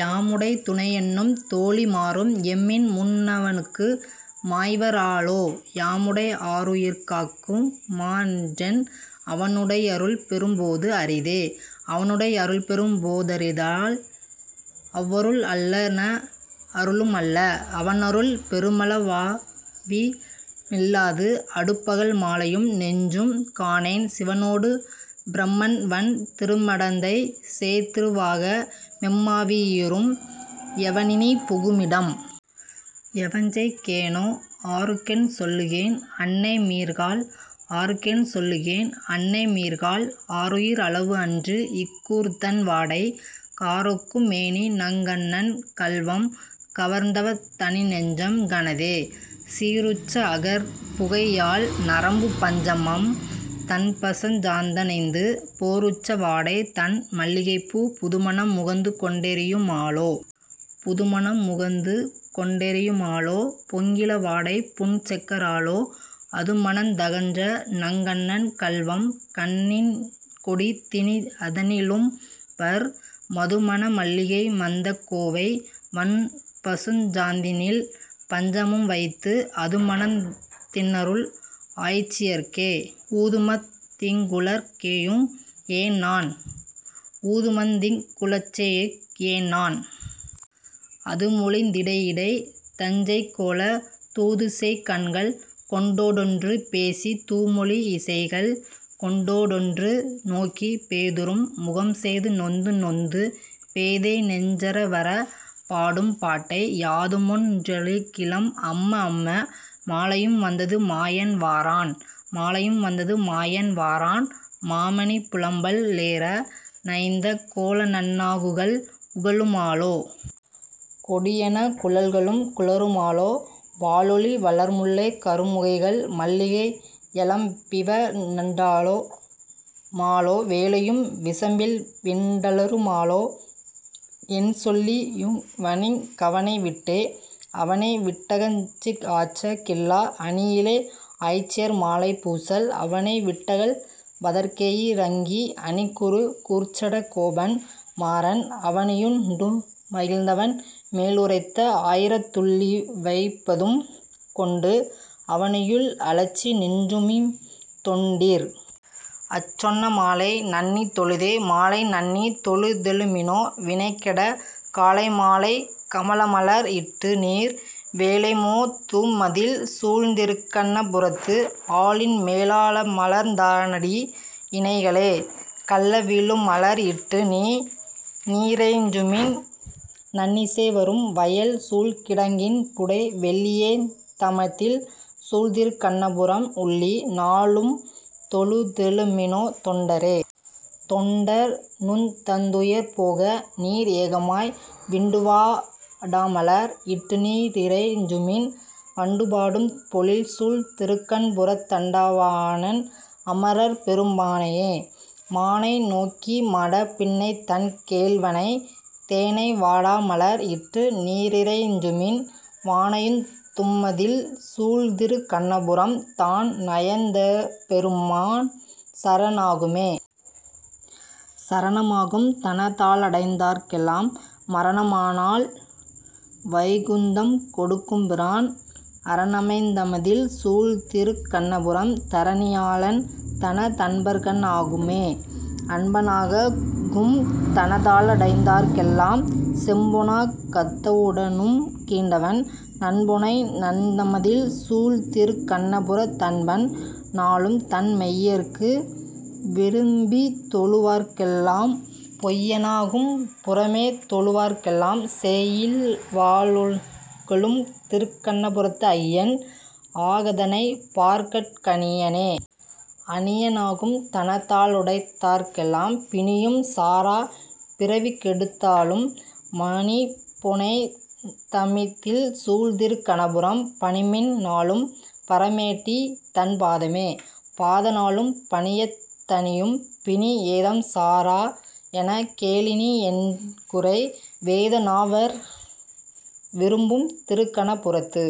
யாமுடை துணையென்னும் தோழி மாரும் எம்மின்முன் னவனுக்கு மாய்வ ராலோ, யாமுடை ஆருயிர் காக்கு மாறென்? அவனுடை யருள்பெ றும்போது அரிதே.. அவனுடை யருள்பெ றும்போ தரிதால் அவ்வருள் அல்லன அருளும் அல்ல, அவனருள் பெறுமள வாவி நில்லாது அடுபகல் மாலையும் நெஞ்சும் காணேன் சிவனொடு பிரமன்வண் திரும டந்தை சேர்திரு வாகமெம் மாவி யீரும், எவனினிப் புகுமிடம்? எவஞ்செய் கேனோ? ஆருக்கென் சொல்லுகேன் அன்னை மீர்காள்.. ஆருக்கென் சொல்லுகேன் அன்னை மீர்காள். ஆருயிர் அளவு அன்று இக்கூர்தண் வாடை, காரொக்கும் மேனிநங் கண்ணன் கள்வம் கவர்ந்தவத் தனிநெஞ்சம் ணஃதே, சீருற்ற அகற்புகை யாழ்ந ரம்பு பஞ்சமம் தண்பசுஞ் சாந்த ணைந்து, போருற்ற வாடைதண் மல்லி கைப்பூப் புதுமணம் முகந்துகொண் டெறியு மாலோ.. புதுமணம் முகந்துகொண் டெறியு மாலோ. பொங்கிள வாடைபுன் செக்க ராலோ, அதுமணந் தகன்றநங் கண்ணன் கள்வம் கண்ணின் கொடிதினி அதனி லும்பர், மதுமன மல்லிகை மந்தக் கோவை வண்பசுஞ் சாந்தினில் பஞ்ச மம்வைத்து, அதுமணந் தின்னருள் ஆய்ச்சி யர்க்கே ஊதுமத் தீங்குழற் கேயுய் யேன்நான்.. ஊதுமத் தீங்குழற் கேயுய் யேன்நான். அதுமொழிந் திடையிடைத் தஞ்செய் கோலத், தூதுசெய் கண்கள்கொண் டோடொன்று பேசித் தூமொழி யிசைகள்கொண் டோடொன்று நோக்கி, பேதுறும் முகம்செய்து நொந்து நொந்து பேதைநெஞ் சறவறப் பாடும் பாட்டை, யாதுமொன் றறிகிலம் அம்ம அம்ம. மாலையும் வந்தது மாயன் வாரான்.. மாலையும் வந்தது மாயன் வாரான் மாமணி புலம்பல் லேற ணைந்த, கோலநன் னாகுகள் உகளு மாலோ. கொடியென குழல்களும் குழறுமாலோ, வாலொளி வளர்முல்லை கருமு கைகள் மல்லிகை யலம்பிவணன் டாலு மாலோ, வேலையும் விசம்பில்விண் டலறு மாலோ. என்சொல்லி யுய்வனிங் கவனை விட்டே? அவனைவிட் டகன்று ஆற்ற கில்லா அணியிழை ஆய்ச்சியர் மாலைப் பூசல், அவனைவிட் டகல்வதற் கேயி ரங்கி அணிகுரு கூர்ச்சட கோபன் மாறன், அவனியுண் டுமழ்ந்தவன் மேலு ரைத்த ஆயிரத் துள்ளிவை பதும் கொண்டு, அவனியுள் அலற்றிநின் றுய்ம்மின் தொண்டீர். அச்சொன்ன மாலை நண்ணித் தொழுதே. மாலைநண் ணித்தொழு தெழுமினோ வினைகெட, காலைமா லைகம லமலர் இட்டுநீர், வேலைமோ தும்மதிள் சூழ்திருக் கண்ணபுரத்து, ஆலின்மே லாலமர்ந் தானடி யிணைகளே.. கள்ளவி ழும்மலர் இட்டுநீ ரிறைஞ்சுமின், நள்ளிசே ரும்வயல் சூழ்கிடங் கின்புடை, வெள்ளீயேய்ந் தமதிள் சூழ்திருக் கண்ணபுரம் உள்ளி, நா ளும்தொழு தெழுமினோ தொண்டரே.. தொண்டர். நுந் தந்துயர் போகநீர் ஏகமாய், விண்டுவா டாமலர் இட்டுநீ ரிறைஞ்சுமின், வண்டுபா டும்பொழில் சூழ்திருக் கண்புரத் தண்டவா ணன், அம ரர்பெரு மானையே.. மானைநோக் கிமடப் பின்னைதன் கேள்வனை, தேனைவா டாமலர் இட்டுநீ ரிறைஞ்சுமின், வானையுந் தும்மதிள் சூழ்திருக் கண்ணபுரம், தான் நயந் தபெரு மான் சர ணாகுமே.. சரணமா கும்தன தாளடைந் தார்க்கெலாம், மரணமா னால்வைகுந் தம்கொடுக் கும்பிரான், அரணமைந் தமதிள் சூழ்திருக் கண்ணபுரம், தரணியா ளன், தன தன்பர்க்கன் ஆகுமே.. அன்பனாக கும்தன தாளடைந் தார்க்கெலாம், செம்பொனா கத்தவு டனும் கீண்டவன், நன்பொனேய்ந் தமதிள் சூழ்திருக் கண்ணபுரத் தன்பன், நா ளும்தன் மெய்யர்க்கு விரும் பித்தொழு வார்க்கெலாம், பொய்யனா கும்புற மேதொழு வார்க்கெலாம், செய்யில்வா ளையுக ளும்திருக் கண்ணபுரத்து ஐயன், ஆ கதணைப் பார்கட் கணியனே.. அணியனா கும்தன தாளடைந் தார்க்கெலாம், பிணியும் சாரா பிறவி கெடுத்தாளும், மணிபொனேய்ந் தமதிள் சூழ்திருக் கணபுரம் பணிமின், நா ளும்பர மேட்டிதன் பாதமே.. பாதநா ளும்பணி யத்தணி யும்பிணி, ஏதம்சா ராஎனக் கேலினி யென்குறை?, வேதநா வர்விரும் பும்திருக் கணபுரத்து